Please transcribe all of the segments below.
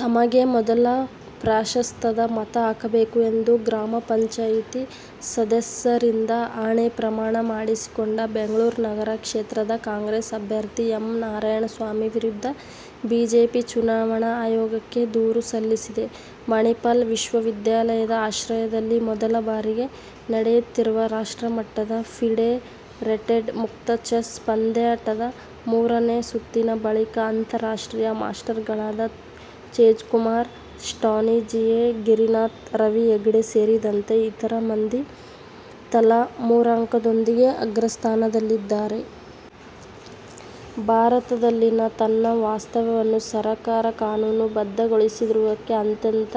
ತಮಗೇ ಮೊದಲ ಪ್ರಾಶಸ್ತ್ಯದ ಮತ ಹಾಕಬೇಕು ಎಂದು ಗ್ರಾಮ ಪಂಚಾಯಿತಿ ಸದಸ್ಯರಿಂದ ಆಣೆ-ಪ್ರಮಾಣ ಮಾಡಿಸಿಕೊಂಡ ಬೆಂಗಳೂರು ನಗರ ಕ್ಷೇತ್ರದ ಕಾಂಗ್ರೆಸ್ ಅಭ್ಯರ್ಥಿ ಎಂ. ನಾರಾಯಣಸ್ವಾಮಿ ವಿರುದ್ಧ ಬಿಜೆಪಿ ಚುನಾವಣಾ ಆಯೋಗಕ್ಕೆ ದೂರು ಸಲ್ಲಿಸಿದೆ. ಮಣಿಪಾಲ ವಿಶ್ವವಿದ್ಯಾಲಯದ ಆಶ್ರಯದಲ್ಲಿ ಮೊದಲ ಬಾರಿಗೆ ನಡೆಯುತ್ತಿರುವ ರಾಷ್ಟ್ರ ಮಟ್ಟದ ಫಿಡೆ ರೇಟೆಡ್ ಮುಕ್ತ ಚೆಸ್ ಪಂದ್ಯಾಟದ ಮೂರನೇ ಸುತ್ತಿನ ಬಳಿಕ ಅಂತಾರಾಷ್ಟ್ರೀಯ ಮಾಸ್ಟರ್ಗಳಾದ ತೇಜ್ಕುಮಾರ್, ಸ್ಟಾನಿ ಜಿಎ, ಗಿರಿನಾಥ್, ರವಿ ಹೆಗಡೆ ಸೇರಿದಂತೆ ಇತರ ಮಂದಿ ತಲಾ ಮೂರಂಕದೊಂದಿಗೆ ಅಗ್ರಸ್ಥಾನದಲ್ಲಿದ್ದಾರೆ. ಭಾರತದಲ್ಲಿನ ತನ್ನ ವಾಸ್ತವ್ಯವನ್ನು ಸರಕಾರ ಕಾನೂನು ಬದ್ಧಗೊಳಿಸಿರುವುದಕ್ಕೆ ಅತ್ಯಂತ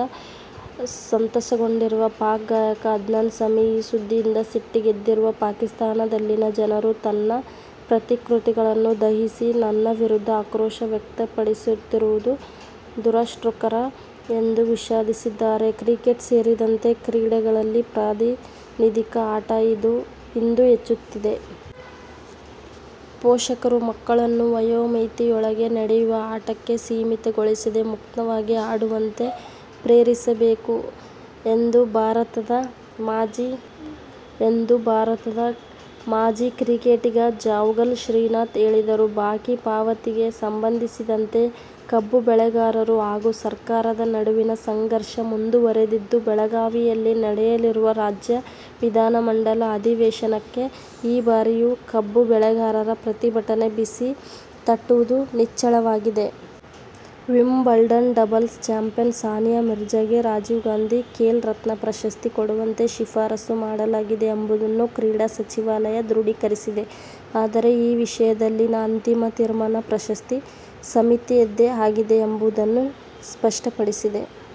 ಸಂತಸಗೊಂಡಿರುವ ಪಾಕ್ ಗಾಯಕ ಅದ್ನಾನ್ ಸಮಿ, "ಈ ಸುದ್ದಿಯಿಂದ ಸಿಟ್ಟಿಗೆದ್ದಿರುವ ಪಾಕಿಸ್ಥಾನದಲ್ಲಿನ ಜನರು ನನ್ನ ಪ್ರತಿಕೃತಿಗಳನ್ನು ದಹಿಸಿ ನನ್ನ ವಿರುದ್ಧ ಆಕ್ರೋಶ ವ್ಯಕ್ತಪಡಿಸುತ್ತಿರುವುದು ದುರದೃಷ್ಟಕರ' ಎಂದು ವಿಷಾದಿಸಿದ್ದಾರೆ. ಕ್ರಿಕೆಟ್ ಸೇರಿದಂತೆ ಕ್ರೀಡೆಗಳಲ್ಲಿ ಪ್ರಾತಿನಿಧಿಕ ಆಟ ಇಂದು ಹೆಚ್ಚುತ್ತಿದೆ. ಪೋಷಕರು ಮಕ್ಕಳನ್ನು ವಯೋಮಿತಿಯೊಳಗೆ ನಡೆಯುವ ಆಟಕ್ಕೆ ಸೀಮಿತಗೊಳಿಸದೆ ಮುಕ್ತವಾಗಿ ಆಡುವಂತೆ ಪ್ರೇರೇಪಿಸಬೇಕು ಎಂದು ಭಾರತದ ಮಾಜಿ ಕ್ರಿಕೆಟಿಗ ಜಾವಗಲ್ ಶ್ರೀನಾಥ್ ಹೇಳಿದರು. ಬಾಕಿ ಪಾವತಿಗೆ ಸಂಬಂಧಿಸಿದಂತೆ ಕಬ್ಬು ಬೆಳೆಗಾರರು ಹಾಗೂ ಸರ್ಕಾರದ ನಡುವಿನ ಸಂಘರ್ಷ ಮುಂದುವರಿದಿದ್ದು, ಬೆಳಗಾವಿಯಲ್ಲಿ ನಡೆಯಲಿರುವ ರಾಜ್ಯ ವಿಧಾನಮಂಡಲ ಅಧಿವೇಶನಕ್ಕೆ ಈ ಬಾರಿಯೂ ಕಬ್ಬು ಬೆಳೆಗಾರರ ಪ್ರತಿಭಟನೆ ಬಿಸಿ ತಟ್ಟುವುದು ನಿಚ್ಚಳವಾಗಿದೆ. ವಿಂಬಲ್ಡನ್ ಡಬಲ್ಸ್ ಚಾಂಪ್ಯನ್ ಸಾನಿಯಾ ಮಿರ್ಜಾಗೆ ರಾಜೀವ್ ಗಾಂಧಿ ಖೇಲ್ ರತ್ನ ಪ್ರಶಸ್ತಿ ಕೊಡುವಂತೆ ಶಿಫಾರಸು ಮಾಡಲಾಗಿದೆ ಎಂಬುದನ್ನು ಕ್ರೀಡಾ ಸಚಿವಾಲಯ ದೃಢೀಕರಿಸಿದೆ. ಆದರೆ ಈ ವಿಷಯದಲ್ಲಿನ ಅಂತಿಮ ತೀರ್ಮಾನ ಪ್ರಶಸ್ತಿ ಸಮಿತಿಯದ್ದೇ ಆಗಿದೆ ಎಂಬುದನ್ನೂ ಸ್ಪಷ್ಟಪಡಿಸಿದೆ.